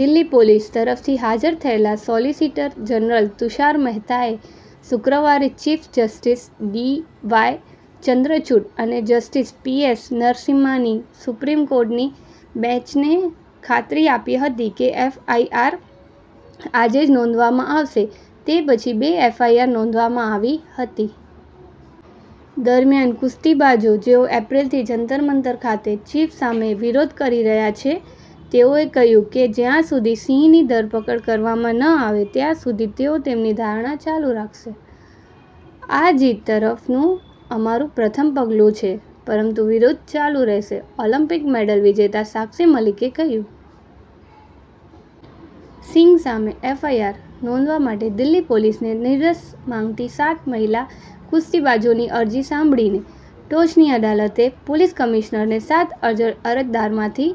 Delhi police તરફથી હાજર થયેલા સોલિસિટર જનરલ તુષાર મહેતાએ શુક્રવારે ચીફ જસ્ટિસ ડીવાય ચંદ્રચુડ અને જસ્ટિસ પીએસ નરસિમ્હાની સુપ્રીમ કોર્ટની બેંચને ખાતરી આપી હતી કે એફઆઈઆર "આજે જ નોંધવામાં આવશે" તે પછી બે એફઆઈઆર નોંધવામાં આવી હતી. દરમિયાન કુસ્તીબાજો જેઓ એપ્રિલથી જંતર-મંતર ખાતે ચીફ સામે વિરોધ કરી રહ્યાં છે, તેઓએ કહ્યું કે જ્યાં સુધી સિંહની ધરપકડ કરવામાં ન આવે ત્યાં સુધી તેઓ તેમની ધરણા ચાલુ રાખશે. "આ જીત તરફનું અમારું પ્રથમ પગલું છે, પરંતુ વિરોધ ચાલુ રહેશે," ઓલિમ્પિક મેડલ વિજેતા સાક્ષી મલિકે કહ્યું. સિંઘ સામે એફઆઈઆર નોંધવા માટે દિલ્હી પોલીસને નિર્દેશ માંગતી સાત મહિલા કુસ્તીબાજોની અરજી સાંભળીને, ટોચની અદાલતે પોલીસ કમિશનરને સાત અરજદારોમાંથી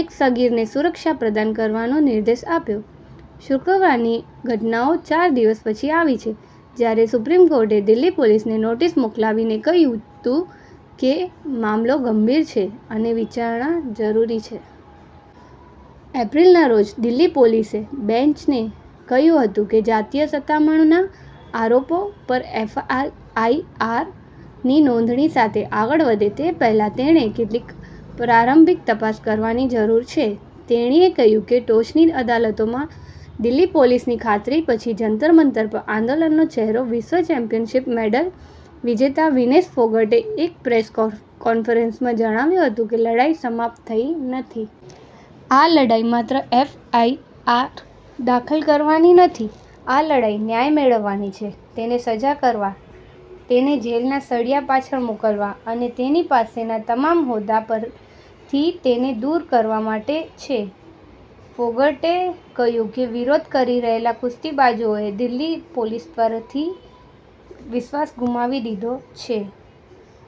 એક સગીરને સુરક્ષા પ્રદાન કરવાનો નિર્દેશ આપ્યો. શુક્રવારની ઘટનાઓ ચાર દિવસ પછી આવી છે જ્યારે સુપ્રીમ કોર્ટે દિલ્હી પોલીસને નોટિસ મોકલીને કહ્યું હતું કે મામલો "ગંભીર" છે અને વિચારણા જરૂરી છે. એપ્રિલના રોજ દિલ્હી પોલીસે બેંચને કહ્યું હતું કે જાતીય સતામણીના આરોપો પર એફઆઈઆરની નોંધણી સાથે આગળ વધે તે પહેલાં તેણે કેટલીક પ્રારંભિક તપાસ કરવાની જરૂર છે. તેણીએ કહ્યું કે ટોચની અદાલતમાં દિલ્હી પોલીસની ખાતરી પછી જંતર-મંતર પર આંદોલનનો ચહેરો વિશ્વ ચેમ્પિયનશિપ મેડલ વિજેતા વિનેશ ફોગાટે એક પ્રેસ કોન્ફરન્સમાં જણાવ્યું હતું કે લડાઈ સમાપ્ત થઈ નથી. "આ લડાઈ માત્ર એફઆઈઆર દાખલ કરાવવાની નથી. આ લડાઈ ન્યાય મેળવવાની છે, તેને સજા કરવા તેને જેલના સળિયા પાછળ મોકલવા અને તેની પાસેના તમામ હોદ્દા પરથી તેને દૂર કરવા માટે છે," ફોગાટે કહ્યું કે વિરોધ કરી રહેલા કુસ્તીબાજોએ દિલ્હી પોલીસ પરથી વિશ્વાસ ગુમાવી દીધો છે.